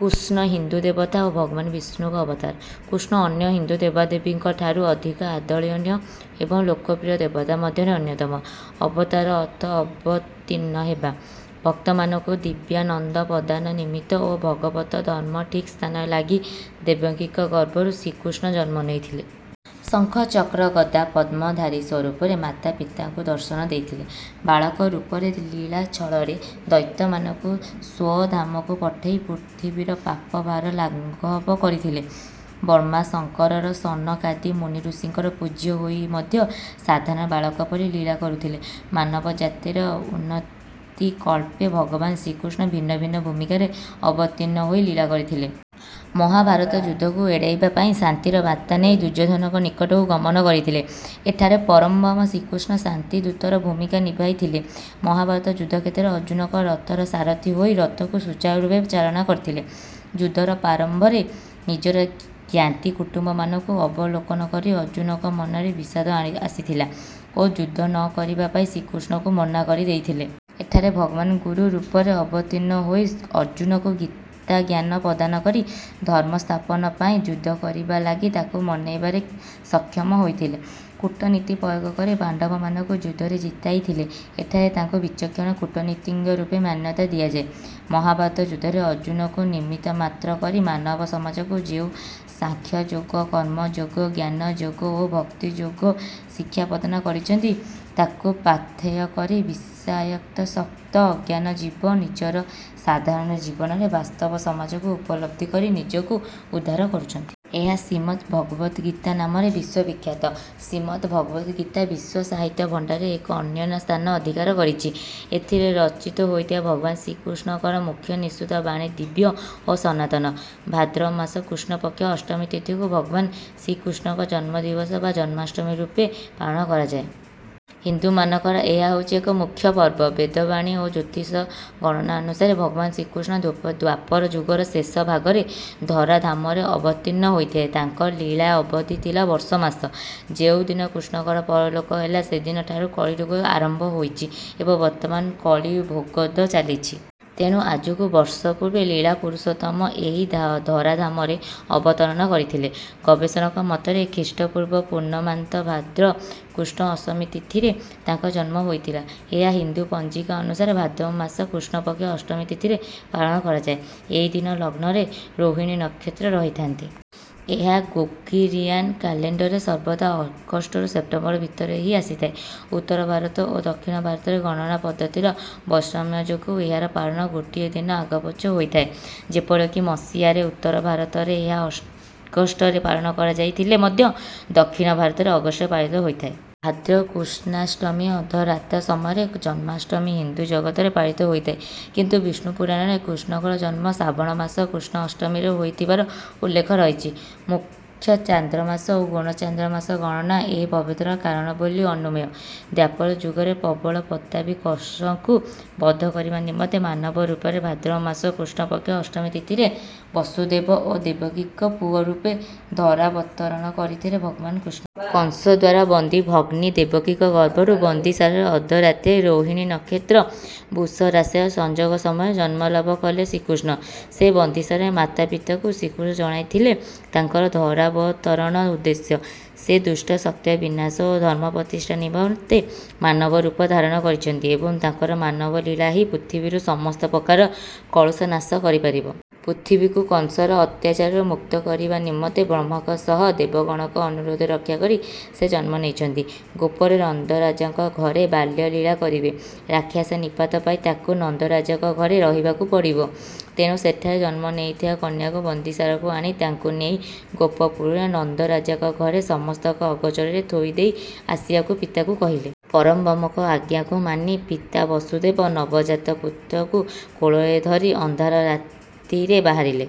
କୃଷ୍ଣ ହିନ୍ଦୁ ଦେବତା ଓ ଭଗବାନ ବିଷ୍ଣୁଙ୍କ ଅବତାର। କୃଷ୍ଣ ଅନ୍ୟ ହିନ୍ଦୁ ଦେବାଦେବୀଙ୍କଠାରୁ ଅଧିକ ଆଦରଣୀୟ ଏବଂ ଲୋକପ୍ରିୟ ଦେବତା ମଧ୍ୟରେ ଅନ୍ୟତମ। ଅବତାର ଅର୍ଥ ଅବତୀର୍ଣ୍ଣ ହେବା, ଭକ୍ତମାନଙ୍କୁ ଦିବ୍ୟାନନ୍ଦ ପ୍ରଦାନ ନିମିତ୍ତ ଓ ଭଗବତ ଧର୍ମ ଠିକ ସ୍ଥାନରେ ଲାଗି ଦେବକୀଙ୍କ ଗର୍ଭରୁ ଶ୍ରୀକୃଷ୍ଣ ଜନ୍ମ ନେଇଥିଲେ। ଶଙ୍ଖ, ଚକ୍ର, ଗଦା, ପଦ୍ମଧାରୀ ସ୍ୱରୂପରେ ମାତାପିତାଙ୍କୁ ଦର୍ଶନ ଦେଇଥିଲେ। ବାଳକ ରୂପରେ ଲୀଳା ଛଳରେ ଦୈତ୍ୟମାନଙ୍କୁ ସ୍ୱଧାମକୁ ପଠେଇ ପୃଥିବୀର ପାପ ଭାର ଲାଘବ କରିଥିଲେ। ବ୍ରହ୍ମା, ଶଙ୍କର ସନକାଦି ମୂନିଋଷିଙ୍କର ପୂଜ୍ୟ ହୋଇମଧ୍ୟ ସାଧାରଣ ବାଳକ ପରି ଲୀଳା କରୁଥିଲେ। ମାନବ ଜାତିର ଉନ୍ନତିକଳ୍ପେ ଭଗବାନ ଶ୍ରୀକୃଷ୍ଣ ଭିନ୍ନ ଭିନ୍ନ ଭୂମିକାରେ ଅବତୀର୍ଣ୍ଣ ହୋଇ ଲୀଳା କରିଥିଲେ। ମହାଭାରତ ଯୁଦ୍ଧକୁ ଏଡେଇବା ପାଇଁ ଶାନ୍ତିର ବାର୍ତ୍ତାନେଇ ଦୁର୍ଯ୍ୟୋଧନଙ୍କ ନିକଟକୁ ଗମନ କରିଥିଲେ। ଏଠାରେ ପଂରବ୍ରହ୍ମ ଶ୍ରୀକୃଷ୍ଣ ଶାନ୍ତିଦୂତର ଭୂମିକା ନିଭାଇ ଥିଲେ। ମହାଭାରତ ଯୁଦ୍ଧକ୍ଷେତ୍ରରେ ଅର୍ଜୁନଙ୍କ ରଥର ସାରଥୀହେଇ ରଥକୁ ସୁଚାରୁ ରୂପେ ଚାଳନା କରିଥିଲେ। ଯୁଦ୍ଧର ପ୍ରାରମ୍ଭରେ ନିଜର ଜ୍ଞାତି କୁଟୁମ୍ବମାନଙ୍କୁ ଅବଲୋକନ କରି ଅର୍ଜୁନଙ୍କ ମନରେ ବିଷାଦ ଆସିଥିଲା ଓ ଯୁଦ୍ଧ ନକରିବା ପାଇଁ ଶ୍ରୀକୃଷ୍ଣଙ୍କୁ ମନାକରିଦେଇଥିଲେ। ଏଠାରେ ଭଗବାନ ଗୁରୁ ରୂପରେ ଅବତୀର୍ଣ୍ଣ ହେଇ ଅର୍ଜୁନଙ୍କୁ ଗୀତାଜ୍ଞାନ ପ୍ରଦାନ କରି ଧର୍ମସ୍ଥାପନ ପାଇଁ ଯୁଦ୍ଧ କରିବାଲାଗି ତାଙ୍କୁ ମନେଇବାରେ ସକ୍ଷମ ହେଇଥିଲେ। କୂଟନୀତି ପ୍ରୟୋଗ କରି ପାଣ୍ଡବମାନଙ୍କୁ ଯୁଦ୍ଧରେ ଜିତାଇଥିଲେ। ଏଠାରେ ତାଙ୍କୁ ବିଚକ୍ଷଣ କୂଟନୀତିଜ୍ଞ ରୂପରେ ମାନ୍ୟତା ଦିଆଯାଏ। ମହାଭାରତ ଯୁଦ୍ଧରେ ଅର୍ଜୁନଙ୍କୁ ନିମିତ୍ତମାତ୍ର କରି ମାନବ ସମାଜକୁ ଯେଉଁ ସାଂଖ୍ୟଯୋଗ, କର୍ମଯୋଗ, ଜ୍ଞାନଯୋଗ ଓ ଭକ୍ତିଯୋଗ ଶିକ୍ଷାପ୍ରଦାନ କରିଛନ୍ତି, ତାହାକୁ ପାଥେୟ କରି ବିଷୟାସକ୍ତ ଅଜ୍ଞାନ ଜୀବ ନିଜର ସାଧାରଣ ଜୀବନରେ ବାସ୍ତବ ସମସ୍ୟାକୁ ଉପଲବ୍ଧି କରି ନିଜକୁ ଉଦ୍ଧାର କରୁଛନ୍ତି। ଏହା ଶ୍ରୀମଦ ଭଗବତ ଗୀତା ନାମରେ ବିଶ୍ୱ ବିଖ୍ୟାତ। ଶ୍ରୀମଦ ଭଗବତ ଗୀତା ବିଶ୍ୱ ସାହିତ୍ୟ ଭଣ୍ଡାରରେ ଏକ ଅନନ୍ୟ ସ୍ଥାନ ଅଧିକାର କରିଛି। ଏଥିରେ ରଚିତ ହେଇଥିବା ଭଗବାନ ଶ୍ରୀକୃଷ୍ଣଙ୍କର ମୁଖନିଃସୃତ ବାଣୀ ଦିବ୍ୟ ଓ ସନାତନ। ଭାଦ୍ରବମାସ କୃଷ୍ଣପକ୍ଷ ଅଷ୍ଟମୀ ତିଥିକୁ ଭଗବାନ ଶ୍ରୀକୃଷ୍ଣଙ୍କ ଜନ୍ମଦିବସ ବା ଜନ୍ମାଷ୍ଟମୀ ରୂପେ ପାଳନ କରାଯାଏ। ହିନ୍ଦୁମାନଙ୍କର ଏହା ହୋଇଛି ଏକ ମୂଖ୍ୟ ପର୍ବ। ବେଦବାଣୀ ଓ ଜ୍ୟୋତିଷ ଗଣନାନୁସାରେ ଭଗବାନ ଶ୍ରୀକୃଷ୍ଣ ଦ୍ୱାପର ଯୁଗର ଶେଷ ଭାଗରେ ଧରାଧାମରେ ଅବତୀର୍ଣ୍ଣ ହେଇଥିଲେ। ତାଙ୍କର ଲୀଳା ଅବଧୀ ଥିଲା ବର୍ଷ ମାସ। ଯେଉଁ ଦିନ କୃଷ୍ଣଙ୍କର ପରଲୋକ ହେଲା ସେଦିନଠାରୁ କଳି ଯୁଗ ଆରମ୍ଭ ହେଇଛି ଏବଂ ବର୍ତ୍ତମାନ କଳିଭୋଗବ୍ଦ ଚାଲିଛି। ତେଣୁ ଆଜକୁ ବର୍ଷ ପୂର୍ବେ ଲୀଳା ପୁରୁଷୋତ୍ତମ ଏହି ଧରାଧାମରେ ଅବତରଣ କରିଥିଲେ। ଗବେଷକଙ୍କ ମତରେ ଖ୍ରୀଷ୍ଟପୂର୍ବ ପୂର୍ଣ୍ଣମାନ୍ତ ଭାଦ୍ର କୃଷ୍ଣ ଅଷ୍ଟମୀ ତିଥିରେ ତାଙ୍କର ଜନ୍ମ ହେଇଥିଲା। ଏହା ହିନ୍ଦୁ ପଞ୍ଜିକା ଅନୁସାରେ ଭାଦ୍ରବମାସ କୃଷ୍ଣପକ୍ଷ ଅଷ୍ଟମୀ ତିଥିରେ ପାଳନ କରାଯାଏ। ଏଇଦିନ ଲଗ୍ନରେ ରୋହିଣୀ ନକ୍ଷତ୍ର ରହିଥାନ୍ତି। ଏହା ଗ୍ରେଗୋରିଆନ କ୍ୟାଲେଣ୍ଡରରେ ସର୍ବଦା ଅଗଷ୍ଟ ରୁ ସେପ୍ଟେମ୍ବର ଭିତରେ ହିଁ ଆସିଥାଏ। ଉତ୍ତର ଭାରତ ଓ ଦକ୍ଷିଣ ଭାରତରେ ଗଣନା ପଦ୍ଧତିର ବୈସମ୍ୟ ଯୋଗୁଁ ଏହାର ପାଳନ ଗୋଟିଏ ଦିନ ଆଗପଛ ହୋଇଥାଏ। ଯେପରିକି ମସିହାରେ ଉତ୍ତର ଭାରତରେ ଏହା ଅଗଷ୍ଟରେ ପାଳନ କରାଯାଇଥିଲେ ମଧ୍ୟ ଦକ୍ଷିଣ ଭାରତରେ ଅଗଷ୍ଟରେ ପାଳିତ ହୋଇଥିଲା। ଭାଦ୍ର କୃଷ୍ଣାଷ୍ଟମୀ ଅର୍ଧରାତ୍ର ସମୟରେ ଜନ୍ମାଷ୍ଟମୀ ହିନ୍ଦୁ ଜଗତରେ ପାଳିତ ହୋଇଥାଏ। କିନ୍ତୁ ବିଷ୍ଣୁପୁରାଣରେ କୃଷ୍ଣଙ୍କର ଜନ୍ମ ଶ୍ରାବଣମାସ କୃଷ୍ଣ ଅଷ୍ଟମୀରେ ହୋଇଥିବାର ଉଲ୍ଲେଖ ରହିଛି। ମୁଖ୍ୟଚାନ୍ଦ୍ରମାସ ଓ ଗୌଣ ଚାନ୍ଦ୍ରମାସ ଗଣନା ଏ ପ୍ରଭେଦର କାରଣ ବୋଲି ଅନୁମେୟ। ଦ୍ୱାପର ଯୁଗରେ ପ୍ରବଳ ପ୍ରତାପୀ କଂସକୁ ବଧ କରିବା ନିମନ୍ତେ ମାନବ ରୂପରେ ଭାଦ୍ରବ ମାସ କୃଷ୍ଣପକ୍ଷ ଅଷ୍ଟମୀ ତିଥିରେ ବସୁଦେବ ଓ ଦେବକୀଙ୍କ ପୁଅରୂପେ ଧରାବତରଣ କରିଥିଲେ ଭଗବାନ କୃଷ୍ଣ। କଂସଦ୍ୱାରା ବନ୍ଦୀ ଭଗ୍ନୀ ଦେବକୀଙ୍କ ଗର୍ଭରୁ ବନ୍ଦୀଶାଳାରେ ଅର୍ଧ ରାତ୍ରୀରେ ରୋହିଣୀ ନକ୍ଷତ୍ର- ବୃଷରାଶିର ସଂଯୋଗ ସମୟରେ ଜନ୍ମ ଲାଭ କଲେ ଶ୍ରୀକୃଷ୍ଣ। ସେ ବନ୍ଦିଶାଳାରେ ମାତା-ପିତାଙ୍କୁ ଶ୍ରୀକୃଷ୍ଣ ଜଣାଇଥିଲେ ତାଙ୍କର ଧରାବତରଣ ଉଦ୍ଦେଶ୍ଯ। ସେ ଦୁଷ୍ଟ ଶକ୍ତିର ବିନାଶ ଓ ଧର୍ମ ପ୍ରତିଷ୍ଠା ନିମନ୍ତେ ମାନବ ରୂପ ଧାରଣ କରିଛନ୍ତି ଏବଂ ତାଙ୍କର ମାନବ ଲୀଳା ହିଁ ପୃଥିବୀରୁ ସମସ୍ତ ପ୍ରକାର କଳୁଷ ନାଶ କରିପାରିବ। ପୃଥିବୀକୁ କଂସର ଅତ୍ୟାଚାରରୁ ମୁକ୍ତ କରିବା ନିମନ୍ତେ ବ୍ରହ୍ମାଙ୍କ ସହ ଦେବଗଣଙ୍କ ଅନୁରୋଧ ରକ୍ଷାକରି ସେ ଜନ୍ମ ନେଇଛନ୍ତି। ଗୋପରେ ନନ୍ଦରାଜାଙ୍କ ଘରେ ବାଲ୍ୟ ଲୀଳା କରିବେ। ରାକ୍ଷସ ନିପାତ ପାଇଁ ତାଙ୍କୁ ନନ୍ଦରାଜାଙ୍କ ଘରେ ରହିବାକୁ ପଡ଼ିବ, ତେଣୁ ସେଠାରେ ଜନ୍ମ ନେଇଥିବା କନ୍ୟାକୁ ବନ୍ଦୀଶାଳାକୁ ଆଣି ତାଙ୍କୁ ନେଇ ଗୋପପୁରରେ ନନ୍ଦରାଜାଙ୍କ ଘରେ ସମସ୍ତଙ୍କ ଅଗୋଚରରେ ଥୋଇଦେଇ ଆସିବାକୁ ପିତାଙ୍କୁ କହିଲେ। ପରଂବ୍ରହ୍ମଙ୍କ ଆଜ୍ଞାକୁ ମାନି ପିତା ବସୁଦେବ ନବଜାତ ପୁତ୍ରକୁ କୋଳରେ ଧରି ଅନ୍ଧାର ରାତିରେ ବାହାରିଲେ।